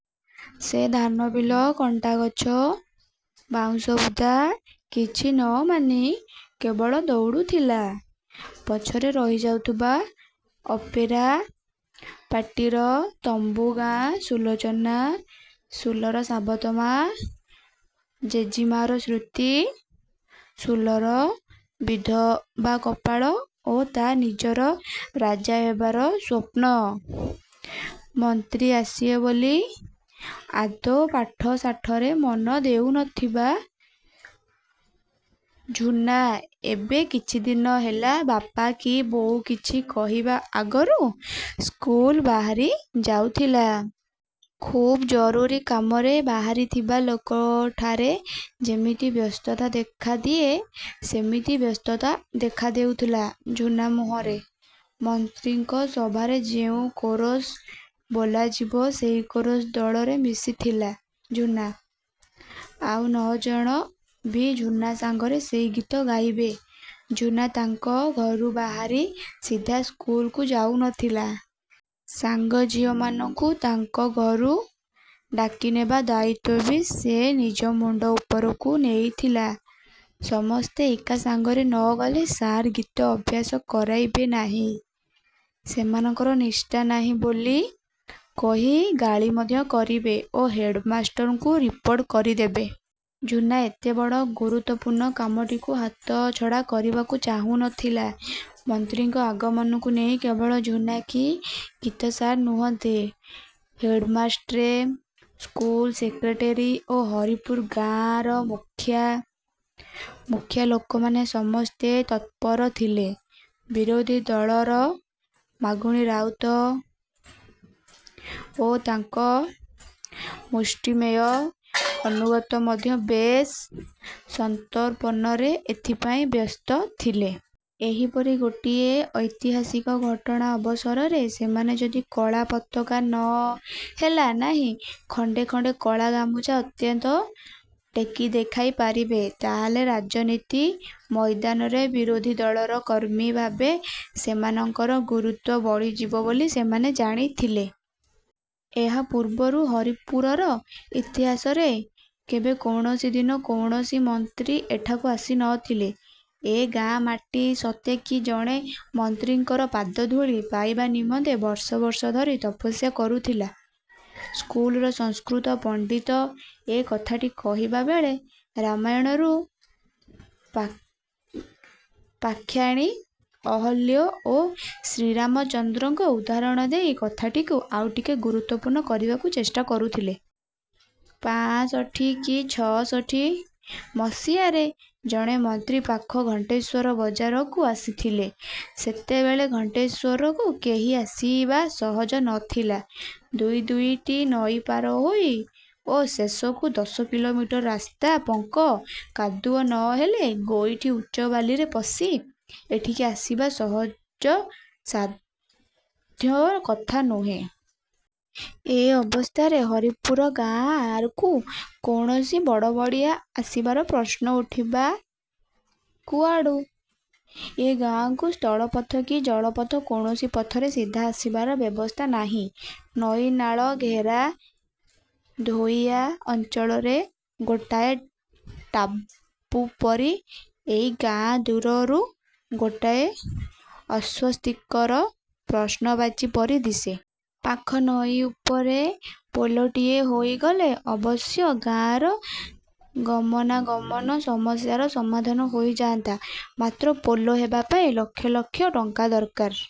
ସେ ଧାନବିଲ, କଣ୍ଟାଗଛ,। ବାଉଁଶ ବୁଦା କିଛି ନ ମାନି କେବଳ ଦଉଡ଼ୁଥିଲା। ପଛରେ ରହିଯାଉଥିଲା ଅପେରା ପାର୍ଟିର ତମ୍ବୁ, ଗାଁ, ସୁଲୋଚନା, ସୁଲର ସାବତ ମା, ଜେଜିମାର ସ୍ମୃତି, ସୁଲର ବିଧବା କପାଳ ଓ ତା ନିଜର ରାଜା ହେବାର ସ୍ୱପ୍ନ। ମନ୍ତ୍ରୀ ଆସିବେ ବୋଲି ଆଦୌ ପାଠଶାଠରେ ମନ ଦେଉ ନ ଥିବା ଝୁନା ଏବେ କିଛିଦିନ ହେଲା ବାପା କି ବୋଉ କିଛି କହିବା ଆଗରୁ ସ୍କୁଲ୍କୁ ବାହାରି ଯାଉଥିଲା। ଖୁବ୍ ଜରୁରୀ କାମରେ ବାହାରିଥିବା ଲୋକଠାରେ ଯେମିତି ବ୍ୟସ୍ତତା ଦେଖାଦିଏ ସେମିତି ବ୍ୟସ୍ତତା ଦେଖା ଦେଉଥିଲା ଝୁନା ମୁହଁରେ। ମନ୍ତ୍ରୀଙ୍କ ସଭାରେ ଯେଉଁ କୋରସ୍ ବୋଲାଯିବ ସେଇ କୋରସ୍ ଦଳରେ ମିଶିଥିଲା ଝୁନା। ଆଉ ନଅଜଣ ବି ଝୁନା ସାଙ୍ଗରେ ସେଇ ଗୀତ ଗାଇବେ। ଝୁନା ତାଙ୍କ ଘରୁ ବାହାରି ସିଧା ସ୍କୁଲକୁ ଯାଉ ନ ଥିଲା। ସାଙ୍ଗ ଝିଅମାନଙ୍କୁ ତାଙ୍କ ଘରୁ ଡାକିନେବା ଦାୟିତ୍ୱ ବି ସେ ନିଜ ମୁଣ୍ଡ ଉପରକୁ ନେଇଥିଲା। ସମସ୍ତେ ଏକା ସାଙ୍ଗରେ ନ ଗଲେ ସାର୍ ଗୀତ ଅଭ୍ୟାସ କରାଇବେ ନାହିଁ। ସେମାନଙ୍କର ନିଷ୍ଠା ନାହିଁ ବୋଲି କହି ଗାଳିମନ୍ଦ କରିବେ ଓ ହେଡ୍ ମାଷ୍ଟରଙ୍କୁ ରିପୋର୍ଟ କରିଦେବେ। ଝୁନା ଏତେ ବଡ଼ ଗୁରୁତ୍ୱପୂର୍ଣ୍ଣ କାମଟିକୁ ହାତଛଡ଼ା କରିବାକୁ ଚାହୁଁ ନ ଥିଲା। ମନ୍ତ୍ରୀଙ୍କ ଆଗମନକୁ ନେଇ କେବଳ ଝୁନା କି ଗୀତସାର୍ ନୁହନ୍ତି, ହେଡ୍ମାଷ୍ଟ୍ରେ, ସ୍କୁଲ ସେକ୍ରେଟାରୀ ଓ ହରିପୁର ଗାଁର ମୁଖିଆ ମୁଖିଆ ଲୋକମାନେ ସମସ୍ତେ ତତ୍ପର ଥିଲେ। ବିରୋଧୀ ଦଳର ମାଗୁଣି ରାଉତ ଓ ତାଙ୍କ ମୁଷ୍ଟିମେୟ ଅନୁଗତ ମଧ୍ୟ ବେଶ୍ ସନ୍ତର୍ପଣରେ ଏଥିପାଇଁ ବ୍ୟସ୍ତ ଥିଲେ। ଏହିପରି ଗୋଟିଏ ଐତିହାସିକ ଘଟଣା ଅବସରରେ ସେମାନେ ଯଦି କଳା ପତାକା ନ ହେଲା ନାହିଁ ଖଣ୍ଡେ ଖଣ୍ଡେ କଳା ଗାମୁଛା ଅନ୍ତତଃ ଟେକି ଦେଖେଇ ପାରିବେ ତାହେଲେ ରାଜନୀତି ମଇଦାନରେ ବିରୋଧୀ ଦଳର କର୍ମୀ ଭାବେ ସେମାନଙ୍କର ଗୁରୁତ୍ୱ ବଢ଼ିଯିବ ବୋଲି ସେମାନେ ଜାଣିଥିଲେ। ଏହା ପୂର୍ବରୁ ହରିପୁରର ଇତିହାସରେ କେବେ କୌଣସି ଦିନ କୌଣସି ମନ୍ତ୍ରୀ ଏଠାକୁ ଆସି ନ ଥିଲେ। ଏ ଗାଁର ମାଟି ସତେ କି ଜଣେ ମନ୍ତ୍ରୀଙ୍କର ପାଦଧୂଳି ପାଇବା ନିମନ୍ତେ ବର୍ଷ ବର୍ଷ ଧରି ତପସ୍ୟା କରୁଥିଲା। ସ୍କୁଲର ସଂସ୍କୃତ ପଣ୍ଡିତ ଏ କଥାଟି କହିବା ବେଳେ ରାମାୟଣରୁ ପାଷାଣୀ ଅହଲ୍ୟା ଓ ଶ୍ରୀରାମଚନ୍ଦ୍ରଙ୍କ ଉଦାହରଣ ଦେଇ କଥାଟିକୁ ଆଉ ଟିକେ ଗୁରୁତ୍ୱପୂର୍ଣ୍ଣ କରିବାର ଚେଷ୍ଟା କରୁଥିଲେ। ପଆଁଷଠି କି ଛଅଷଠି ମସିହାରେ ଜଣେ ମନ୍ତ୍ରୀ ପାଖ ଘଣ୍ଟେଶ୍ୱର ବଜାରକୁ ଆସିଥିଲେ। ସେତେବେଳେ ଘଣ୍ଟେଶ୍ୱରକୁ କେହି ଆସିବା ସହଜ ନଥିଲା। ଦୁଇ ଦୁଇଟି ନଈ ପାର ହୋଇ ଓ ଶେଷକୁ ଦଶ କିଲୋମିଟର ରାସ୍ତା ପଙ୍କ କାଦୁଅ ନ ହେଲେ ଗୋଇଠି ଉଚ୍ଚ ବାଲିରେ ପଶି ଏଠିକି ଆସିବା ସହଜସାଧ୍ୟ କଥା ନୁହେଁ। ଏ ଅବସ୍ଥାରେ ହରିପୁର ଗାଁକୁ କୌଣସି ବଡ଼ବଡ଼ିଆ ଆସିବାର ପ୍ରଶ୍ନ ଉଠିବ ବା କୁଆଡୁ! ଏ ଗାଁକୁ ସ୍ଥଳପଥ କି ଜଳପଥ କୌଣସି ପଥରେ ସିଧା ଆସିବାର ବ୍ୟବସ୍ଥା ନାହିଁ। ନଈ ନାଳ ଘେରା ଧୋଇଆ ଅଞ୍ଚଳରେ ଗୋଟାଏ ଟାପୁ ପରି ଏଇ ଗାଁ, ଦୂରରୁ ଗୋଟାଏ ଅସ୍ୱସ୍ତିକର ପ୍ରଶ୍ନବାଚୀ ପରି ଦିଶେ। ପାଖ ନଈ ଉପରେ ପୋଲଟିଏ ହୋଇଗଲେ ଅବଶ୍ୟ ଗାଁର ଗମନାଗମନ ସମସ୍ୟାର ସମାଧାନ ହୋଇଯାଆନ୍ତା। ମାତ୍ର ପୋଲ ହେବା ପାଇଁ ଲକ୍ଷ ଲକ୍ଷ ଟଙ୍କା ଦରକାର